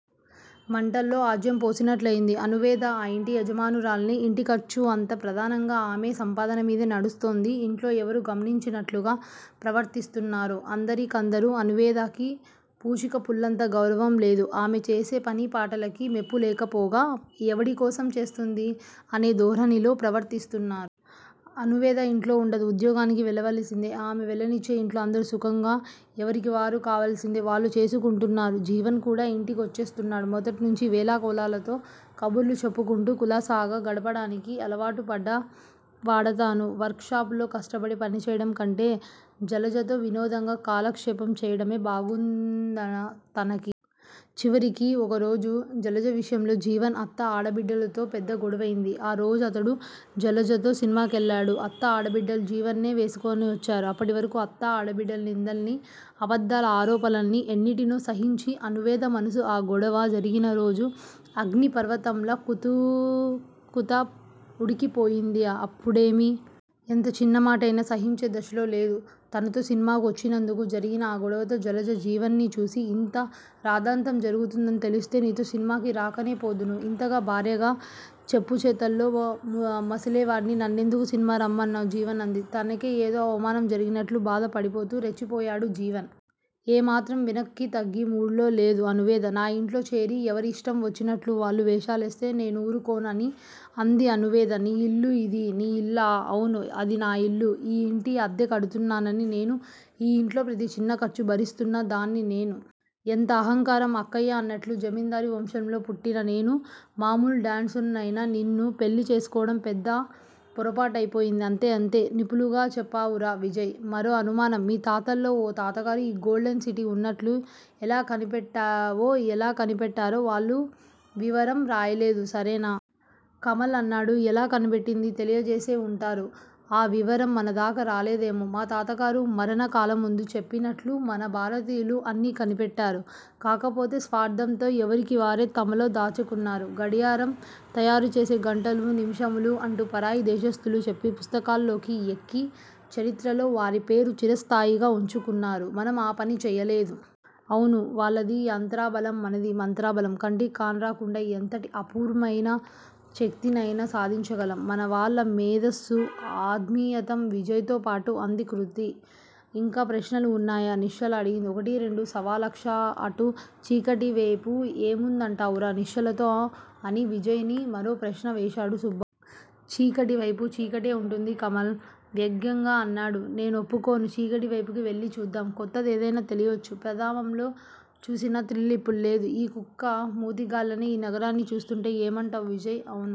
మంటలో ఆజ్యం పోసినట్లయింది. అణువేద ఆ ఇంటి యజమానురాలని, ఇంటి ఖర్చు అంతా ప్రధానంగా ఆమె సంపాదన మీదే నడుస్తోంది యింట్లో ఎవరూ గమనించినట్లుగా ప్రవర్తిస్తున్నారు అందరి కందరు. అణువేదకి పూచికపుల్లంత గౌరవం లేదు. ఆమె చేసే పనిపాటలకి మెప్పులేకపోగా ఎవడి కోసం చేస్తుంది అనే ధోరణిలో ప్రవర్తిస్తున్నా. అణువేద యింట్లో వుండదు. ఉద్యోగానికి వెళ్ళవలసిందే. ఆమె వెళ్ళనిచ్చి యింట్లో అందరూ సుఖంగా యెవరిక్కావలసినది వాళ్ళు చేసుకుంటున్నారు. జీవన్ కూడా ఇంటికొచ్చేస్తున్నాడు. మొదట్నించి వేళాకొళాలతో కబుర్లు చెప్పుకుంటూ కులాసాగా గడపడానికి అలావాటు పడ్డ వాడతను వర్కు షాప్ లో కష్టపడి పనిచేయడం కంటే జలజతో వినోదంగా కాలక్షేపం చేయడమే బాగుందా తనికి. చివరికి ఒక రోజు జలజ విషయంలో జీవన్, అత్త, ఆడబిడ్డలతో పెద్ద గోడవైంది. ఆ రోజతడు జలజతో సినిమా కెళ్ళాడు. అత్త ఆడబిడ్డలు జీవన్ నే వెనకేసుకొచ్చారు. అప్పటివరకూ అత్తా, ఆడబిడ్డల నిందల్ని, అబద్దాల ఆరోపణల్ని, ఎన్నింటినో సహించి అణువేద మనసు ఆ గొడవ జరిగిన రోజు అగ్ని పర్వతంలా కుతూ కుత ఉడికిపోయింది అప్పుడేమి. ఎంత చిన్నమాటైనా సహించేదశలో లేదు. తనతో సినిమాకు వచ్చినందుకు జరిగిన ఆ గొడవతో జలజ జీవన్ ని చూసి, ఇంత రాద్ద్దాంతం జరుగుతుందని తెలిస్తే నీతో సినిమాకి రాకనే పోదును. ఇంతగా భార్యగా చెప్పుచేతల్లో మసిలేవాడివి నన్నెందుకు సినిమాకి రమ్మన్నావు జీవన్ అంది. తనకే ఏదో అవమానం జరిగినట్లు బాధ పడిపోతూ రెచ్చిపోయాడు జీవన్. ఏమాత్రం వెనక్కి తగ్గే మూడ్ లో లేదు అణువేద. నాయింట్లో చేరి ఎవరి యిష్టం వచ్చినట్లు వాళ్ళు వేషాలేస్తే నేనూరుకొను అని అంది అణువేద. నీ ఇల్లు ఇది నీ ఇల్లా? అవును అది నా ఇల్లు ఈ యింటి అద్దె కడుతున్నదాన్ని నేను. ఈ యింట్లో ప్రతి చిన్న ఖర్చు భరిస్తున్న దాన్ని నేను. ఎంత అహంకారం! అక్కయ్య అన్నట్లు జమిందారీ వంశంలో పుట్టిన నేను మాములు డాన్సరునైన నిన్ను పెళ్ళి చేసుకోవడం పెద్ద పోరాపాటైపోయింది. అంతే అంతే. నిపులంగా చెప్పావురా విజయ్! మరో అనుమానం మీ తాతల్లో ఓ తాతగారు ఈ గోల్డెన్ సిటీ వున్నట్లు ఎలా కనిపెట్టావో? ఎలా కనిపెట్టారో వాళ్ళు వివరం రాయలేదు సరేనా? కమల్ అన్నాడు. ఎలా కనిపెట్టిందీ తెలియజేసే వుంటారు ఆ వివరం మనదాకా రాలేదేమో! మాతాతగారు మరణ కాలమందు చెప్పినట్లు మన భారతీయులు అన్నీ కనిపెట్టారు. కాకపోతే స్వార్దంతో ఎవరికీ వారే తమలో దాచుకున్నారు గడియారం తయారుచేసి గంటలు నిముషాలు అంటూ పరాయి దేశస్తులు చెప్పి పుస్తకాల్లోకి ఎక్కి చరిత్రలో వారిపేరు చిరస్థాయిగా ఉంచుకున్నారు మనం ఆ పని చేయలేదు. అవును వాళ్ళది యంత్రబలం మనది మంత్ర బాలం. కంటికి కానరాకుండా ఎంతటి అపూర్వమైన శక్తినయినా సాధించగలం. మన వాళ్ళ మేధస్సు అద్వితీయం విజయ్ తో పాటు అంది కృతి. ఇంకా ప్రశ్నలు వున్నాయో? నిశ్చల అడిగింది. ఒకటా రెండా సవాలక్ష. అటు చీకటివేపు ఏముందంటావురా? నిశ్చలతో అని విజయ్ ని మరో ప్రశ్న వేశాడు సుబ్బా. చీకటివేపు చీకటే వుంటుంది కమల్ వ్యగ్యంగా అన్నాడు. నే నొప్పుకొను. చీకటివేపుకి వెళ్ళి చూద్దాం. కొత్తది ఏదైనా తెలియవచ్చు. ప్రధామంలో చూసిన థ్రిల్ ఇప్పుడు లేదు. ఈ కుక్క మూతిగాళ్ళని ఈ నగరాన్ని చూస్తుంటే. ఏమంటావు విజయ్! అవును